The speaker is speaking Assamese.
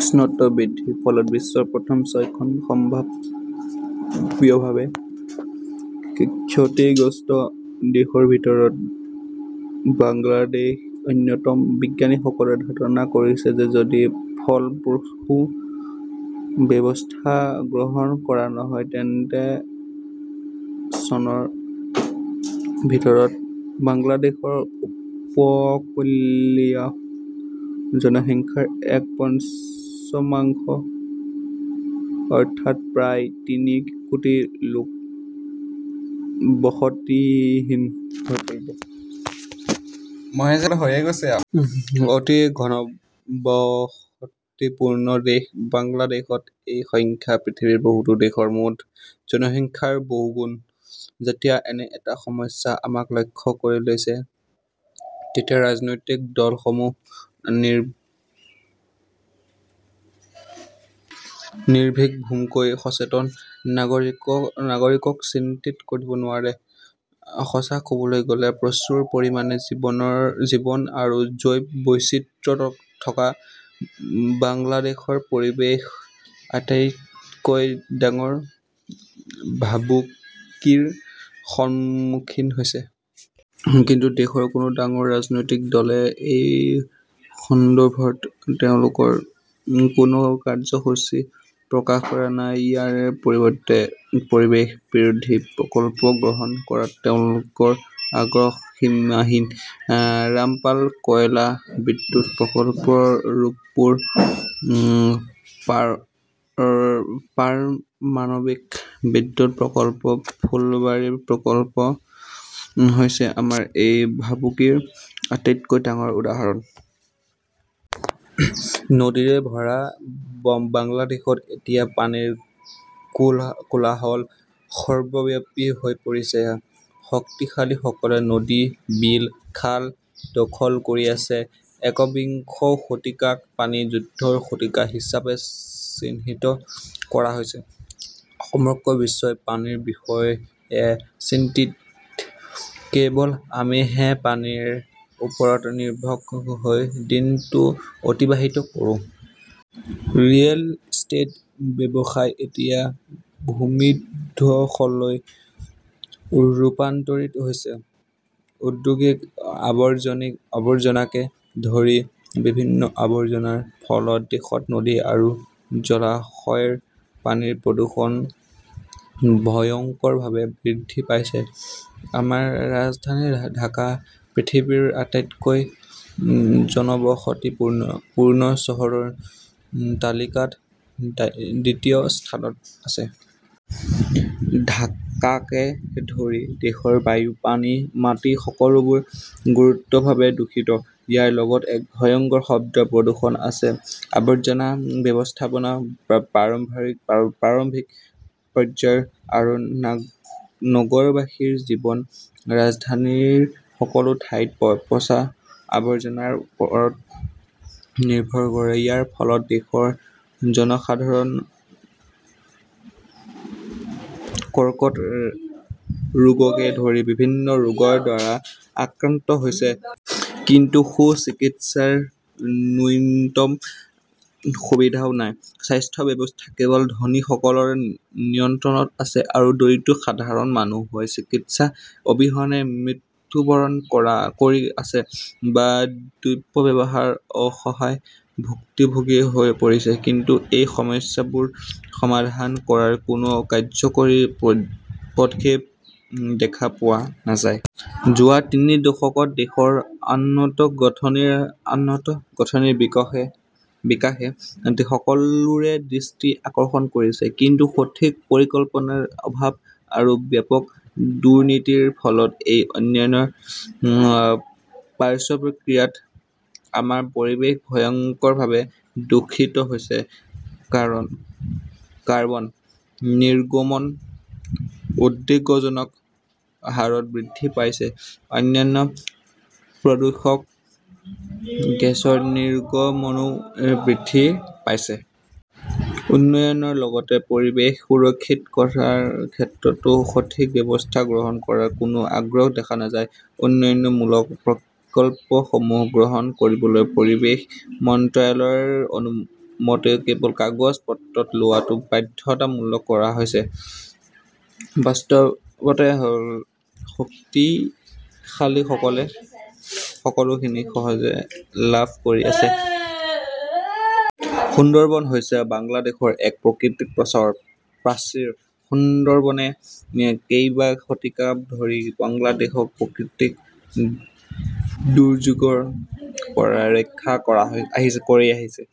উষ্ণতা বৃদ্ধিৰ ফলত বিশ্বৰ প্ৰথম ছয়খন সম্ভাৱ্যভাৱে ক্ষতিগ্ৰস্ত দেশৰ ভিতৰত বাংলাদেশ অন্যতম। বিজ্ঞানীসকলে ধাৰণা কৰিছে যে যদি ফলপ্ৰসূ ব্যৱস্থা গ্ৰহণ কৰা নহয় তেন্তে চনৰ ভিতৰত বাংলাদেশৰ উপকূলীয় জনসংখ্যাৰ এক পঞ্চমাংশ, অৰ্থাৎ প্ৰায় তিনি কোটি লোক বসতিহীন হৈ পৰিব। অতি ঘনবসতিপূৰ্ণ দেশ বাংলাদেশত এই সংখ্যা পৃথিৱীৰ বহুতো দেশৰ মুঠ জনসংখ্যাৰ বহুগুণ। যেতিয়া এনে এটা সমস্যাই আমাক লক্ষ্য কৰি লৈছে, তেতিয়া ৰাজনৈতিক দলসমূহৰ নিৰ্ভীক ভূমিকাই সচেতন নাগৰিকক চিন্তিত কৰিব নোৱাৰে। সঁচা কবলৈ গ'লে, প্ৰচুৰ পৰিমাণে জীৱন আৰু জৈৱ বৈচিত্ৰ্যথকা বাংলাদেশৰ পৰিৱেশ আটাইতকৈ ডাঙৰ ভাবুকিৰ সন্মুখীন হৈছে। কিন্তু দেশৰ কোনো ডাঙৰ ৰাজনৈতিক দলে এই সন্দৰ্ভত তেওঁলোকৰ কোনো কাৰ্যসূচী প্ৰকাশ কৰা নাই। ইয়াৰ পৰিৱৰ্তে পৰিৱেশ বিৰোধী প্ৰকল্প গ্ৰহণ কৰাত তেওঁলোকৰ আগ্ৰহ সীমাহীন। ৰামপাল কয়লা বিদ্যুৎ প্ৰকল্প, ৰূপপুৰ পাৰমাণৱিক বিদ্যুৎ প্ৰকল্প, ফুলবাৰী প্ৰকল্প হৈছে আমাৰ এই ভাবুকিৰ আটাইতকৈ ডাঙৰ উদাহৰণ। নদীৰে ভৰা বাংলাদেশত এতিয়া পানীৰ কোলাহল সৰ্বব্যাপী হৈ পৰিছে। শক্তিশালীসকলে নদী, বিল, খাল দখল কৰি আছে। একবিংশ শতিকাক পানী যুদ্ধৰ শতিকা হিচাপে চিহ্নিত কৰা হৈছে। সমগ্ৰ বিশ্বই পানীৰ বিষয়ে চিন্তিত। কেৱল আমিহে পানীৰ ওপৰত নিৰ্ভীক হৈ দিনটো অতিবাহিত কৰোঁ! ৰিয়েল ইষ্টেট ব্যৱসায় এতিয়া ভূমিধ্বসলৈ ৰূপান্তৰিত হৈছে। ঔদ্যোগিক আৱৰ্জনাকে ধৰি বিভিন্ন আৱৰ্জনাৰ ফলত দেশত নদী আৰু জলাশয়ৰ পানীৰ প্ৰদূষণ ভয়ংকৰভাৱে বৃদ্ধি পাইছে। আমাৰ ৰাজধানী ঢাকা পৃথিৱীৰ আটাইতকৈ জনবসতিপূৰ্ণ চহৰৰ তালিকাত দ্বিতীয় স্থানত আছে। ঢাকাকে ধৰি দেশৰ বায়ু, পানী, মাটি-সকলোবোৰ গুৰুতৰভাৱে দূষিত। ইয়াৰ লগত এক ভয়ংকৰ শব্দ প্ৰদূষণ আছে। আৱৰ্জনা ব্যৱস্থাপনা প্ৰাৰম্ভিক পৰ্যায়ৰ আৰু নগৰবাসীৰ জীৱন ৰাজধানীৰ সকলো ঠাইতে পচা আৱৰ্জনাৰ ওপৰত নিৰ্ভৰ কৰে। ইয়াৰ ফলত দেশৰ জনসাধাৰণ কৰ্কট ৰোগকে ধৰি বিভিন্ন ৰোগৰ দ্বাৰা আক্ৰান্ত হৈছে। কিন্তু সু-চিকিৎসাৰ ন্যূনতম সুবিধাও নাই। স্বাস্থ্য ব্যৱস্থা কেৱল ধনীসকলৰ নিয়ন্ত্ৰণত আছে আৰু দৰিদ্ৰ সাধাৰণ মানুহ হয় চিকিৎসা অবিহনে মৃত্যুবৰণ কৰি আছে, বা দুৰ্ব্যৱহাৰৰ অসহায় ভুক্তভোগী হৈ পৰিছে। কিন্তু এই সমস্যাবোৰ সমাধান কৰাৰ কোনো কাৰ্যকৰী পদক্ষেপ দেখা পোৱা নাযায়। যোৱা তিনি দশকত দেশৰ আন্তঃগাঁথনিৰ বিকাশে সকলোৰে দৃষ্টি আকৰ্ষণ কৰিছে। কিন্তু সঠিক পৰিকল্পনাৰ অভাৱ আৰু ব্যাপক দুৰ্নীতিৰ ফলত এই উন্নয়নৰ পাৰ্শ্বক্ৰিয়াত আমাৰ পৰিৱেশ ভয়ংকৰভাৱে দূষিত হৈছে। কাৰ্বন নিৰ্গমন উদ্বেগজনক হাৰত বৃদ্ধি পাইছে। অন্যান্য প্ৰদূষক গেছৰ নিৰ্গমনও বৃদ্ধি পাইছে। উন্নয়নৰ লগতে পৰিৱেশ সুৰক্ষিত কৰাৰ ক্ষেত্ৰতো সঠিক ব্যৱস্থা গ্ৰহণ কৰাৰ কোনো আগ্ৰহ দেখা নাযায়। উন্নয়নমূলক প্ৰকল্পসমূহ গ্ৰহণ কৰিবলৈ পৰিৱেশ মন্ত্ৰালয়ৰ অনুমতি কেৱল কাগজ-পত্ৰত লোৱাটো বাধ্যতামূলক কৰা হৈছে। বাস্তৱটো হ 'ল, শক্তিশালীসকলে সকলোখিনি সহজে লাভ কৰি আছে। সুন্দৰবন হৈছে বাংলাদেশৰ এক প্ৰাকৃতিক প্ৰাচীৰ। সুন্দৰবনে কেইবা শতিকা ধৰি বাংলাদেশক প্ৰাকৃতিক দুৰ্যোগৰ পৰা ৰক্ষা কৰি আহিছে।